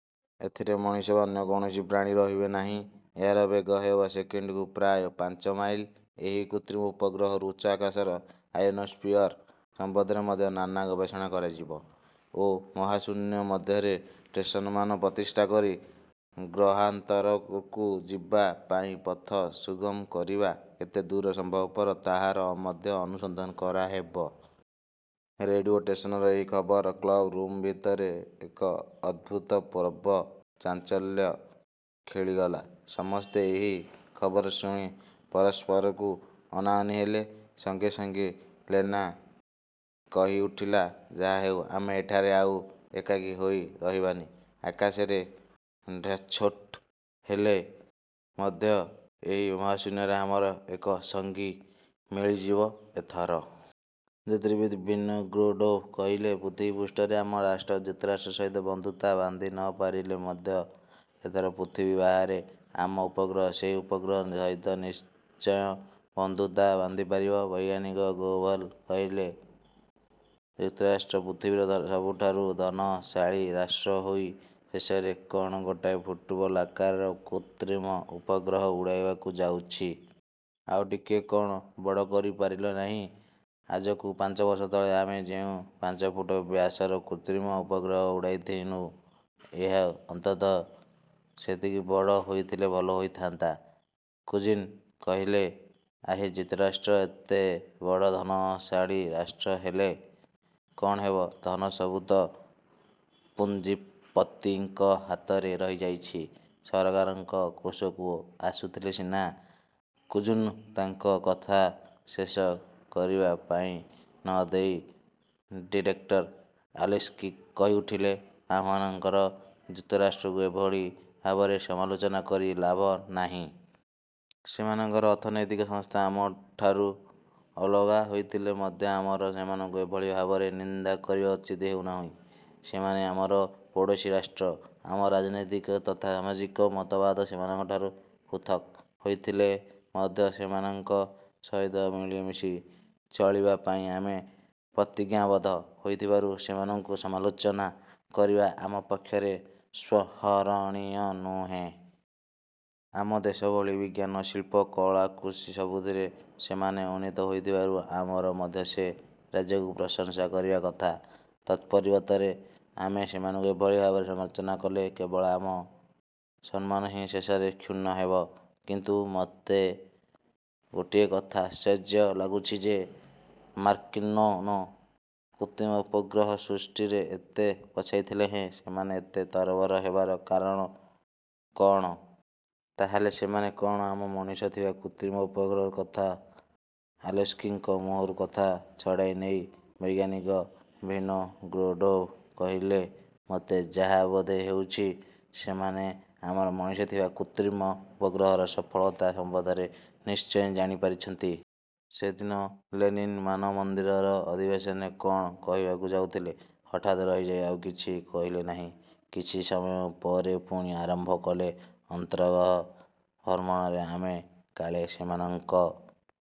ଏଥିରେ ମଣିଷ ବା ଅନ୍ୟ କୌଣସି ପ୍ରାଣୀ ରହିବେ ନାହିଁ। ଏହାର ବେଗ ହେବ ସେକେଣ୍ଡକୁ ପ୍ରାୟ ପାଞ୍ଚ ମାଇଲ। ଏହି କୃତ୍ରିମ ଉପଗ୍ରହରୁ ଉଚ୍ଚ ଆକାଶର ଆୟନୋସ୍ପିଅର୍ ସମ୍ବନ୍ଧରେ ମଧ୍ୟ ନାନା ଗବେଷଣା କରାଯିବ ଓ ମହାଶୂନ୍ୟ ମଧ୍ୟରେ ଷ୍ଟେସନମାନ ପ୍ରତିଷ୍ଠା କରି ଗ୍ରହାନ୍ତରକୁ ଯିବା ପାଇଁ ପଥ ସୁଗମ କରିବା କେତେଦୂର ସମ୍ଭବପର ତାହାର ମଧ୍ୟ ଅନୁସନ୍ଧାନ କରାହେବ। '' ରେଡ଼ିଓ ଷ୍ଟେସନର ଏହି ଖବରରେ କ୍ଳବ ରୁମ୍ ଭିତରେ ଏକ ଅଭୁତପୂର୍ବ ଚାଞ୍ଚଲ୍ୟ ଖେଳିଗଲା। ସମସ୍ତେ ଏହି ଖବର ଶୁଣି ପରସ୍ପରକୁ ଅନାଅନି ହେଲେ। ସଙ୍ଗେ ସଙ୍ଗେ ଲେନା କହିଉଠିଲା, ''ଯାହା ହେଉ ଆମେ ଏଠାରେ ଆଉ ଏକାକୀ ହୋଇ ରହିବାନି। ଆକାଶରେ ଢେର୍ଛୋଟ ହେଲେ ମଧ୍ୟ ଏହି ମହାଶୂନ୍ୟରେ ଆମର ଏକ ସଙ୍ଗୀ ମିଳିଯିବ ଏଥର। '' ଜ୍ୟୋତିର୍ବିତ୍ ଭିନୋଗ୍ରେଡ଼ୋଭ୍ କହିଲେ, ''ପୃଥିବୀପୃଷ୍ଠରେ ଆମ ରାଷ୍ଟ୍ର ଯୁକ୍ତରାଷ୍ଟ୍ର ସହିତ ବନ୍ଧୁତା ବାନ୍ଧି ନ ପାରିଲେ ମଧ୍ୟ ଏଥର ପୃଥିବୀ ବାହାରେ ଆମ ଉପଗ୍ରହ; ସେହି ଉପଗ୍ରହ ସହିତ ନିଶ୍ଚୟ ବନ୍ଧୁତା ବାନ୍ଧିପାରିବ। '' ବୈଜ୍ଞାନିକ ଗୋଭେଲ୍ କହିଲେ, ''ଯୁକ୍ତରାଷ୍ଟ୍ର ପୃଥିବୀର ସବୁଠାରୁ ଧନଶାଳୀ ରାଷ୍ଟ୍ର ହୋଇ ଶେଷରେ କ'ଣ ଗୋଟାଏ ଫୁଟବଲ ଆକାରର କୃତ୍ରିମ ଉପଗ୍ରହ ଉଡ଼ାଇବାକୁ ଯାଉଛି। ଆଉ ଟିକିଏ କ'ଣ ବଡ଼ କରି ପାରିଲେ ନାହିଁ। ଆଜକୁ ପାଞ୍ଚ ବର୍ଷ ତଳେ ଆମେ ଯେଉଁ ପାଞ୍ଚଫୁଟ ବ୍ୟାସର କୃତ୍ରିମ ଉପଗ୍ରହ ଉଡ଼ାଇଥିଲୁଁ, ଏହା ଅନ୍ତତଃ ସେତିକି ବଡ଼ ହୋଇଥିଲେ ଭଲ ହୋଇଥାନ୍ତା-। '' କୁଜ୍ମିନ୍ କହିଲେ, ''ଆହେ, ଯୁକ୍ତରାଷ୍ଟ୍ର ଏତେ ବଡ଼ ଧନଶାଳୀ ରାଷ୍ଟ୍ର ହେଲେ କ'ଣ ହେବ, ଧନ ସବୁ ତ ପୁଞ୍ଜିପତିଙ୍କ ହାତରେ ରହିଯାଇଛି; ସରକାରଙ୍କ କୋଷକୁ ଆସୁଥିଲେ ସିନା '' କୁଜ୍ମିନ୍ଙ୍କୁ ତାଙ୍କ କଥା ଶେଷ କରିବା ପାଇଁ ନ ଦେଇ ଡିରେକ୍ଟର ଆଲେସ୍କି କହିଉଠିଲେ, ''ଆମ୍ଭମାନଙ୍କର ଯୁକ୍ତରାଷ୍ଟ୍ରକୁ ଏଭଳି ଭାବରେ ସମାଲୋଚନା କରି ଲାଭ ନାହିଁ। ସେମାନଙ୍କର ଅର୍ଥନୈତିକ ସଂସ୍ଥା ଆମଠାରୁ ଅଲଗା ହୋଇଥିଲେ ମଧ୍ୟ ଆମର ସେମାନଙ୍କୁ ଏଭଳି ଭାବରେ ନିନ୍ଦା କରିବା ଉଚିତ ହେଉନାହିଁ। ସେମାନେ ଆମର ପଡ଼ୋଶୀ ରାଷ୍ଟ୍ର। ଆମର ରାଜନୈତିକ ତଥା ସାମାଜିକ ମତବାଦ ସେମାନଙ୍କଠାରୁ ପୃଥକ୍ ହୋଇଥିଲେ ମଧ୍ୟ ସେମାନଙ୍କ ସହିତ ମିଳିମିଶି ଚଳିବା ପାଇଁ ଆମେ ପ୍ରତିଜ୍ଞାବଦ୍ଧ ହୋଇଥିବାରୁ, ସେମାନଙ୍କୁ ସମାଲୋଚନା କରିବା ଆମ ପକ୍ଷରେ ସ୍ପୃହଣୀୟ ନୁହେଁ। ଆମ ଦେଶ ଭଳି ବିଜ୍ଞାନ, ଶିଳ୍ପ, କଳା, କୃଷି ସବୁଥିରେ ସେମାନେ ଉନ୍ନତ ହୋଇଥିବାରୁ ଆମର ମଧ୍ୟ ସେ ରାଜ୍ୟକୁ ପ୍ରଶଂସା କରିବା କଥା। ତତ୍ପରିବର୍ତ୍ତରେ ଆମେ ସେମାନଙ୍କୁ ଏଭଳି ଭାବରେ ସମାଲୋଚନା କଲେ କେବଳ ଆମ ସମ୍ମାନ ହିଁ ଶେଷରେ କ୍ଷୁର୍ଣ୍ଣ ହେବ। କିନ୍ତୁ ମୋତେ ଗୋଟିଏ କଥା ଆଶ୍ଚର୍ଯ୍ୟ ଲାଗୁଛି ଯେ ମାର୍କିନ୍ମାନେ କୃତ୍ରିମ ଉପଗ୍ରହ ସୃଷ୍ଟିରେ ଏତେ ପଛେଇଥିଲେହେଁ ସେମାନେ ଏତେ ତରବର ହେବାର କାରଣ କଅଣ? ତା ହେଲେ ସେମାନେ କ'ଣ ଆମ ମଣିଷ ଥିବା କୃତ୍ରିମ ଉପଗ୍ରହ କଥା '' ଆଲେସ୍କିଙ୍କ ମୁହଁରୁ କଥା ଛଡ଼ାଇ ନେଇ ବୈଜ୍ଞାନିକ ଭିନୋଗ୍ରେଡ଼ୋଭ୍ କହିଲେ, ''ମୋତେ ଯାହା ବୋଧ ହେଉଛି, ସେମାନେ ଆମର ମଣିଷ ଥିବା କୃତ୍ରିମ ଉପଗ୍ରହର ସଫଳତା ସମ୍ବନ୍ଧରେ ନିଶ୍ଚୟ ଜାଣିପାରିଛନ୍ତି। ସେ ଦିନ ଲେନିନ୍ ମାନମନ୍ଦିରର ଅଧିବେଶନରେ '' କ'ଣ କହିବାକୁ ଯାଉଥିଲେ, ହଠାତ୍ ରହିଯାଇ ଆଉ କିଛି କହିଲେ ନାହିଁ। କିଛି। ସମୟ ପରେ ପୁଣି ଆରମ୍ଭ କଲେ, ''ଅନ୍ତର୍ଗ୍ରହ ଭ୍ରମଣରେ ଆମେ କାଳେ ସେମାନଙ୍କ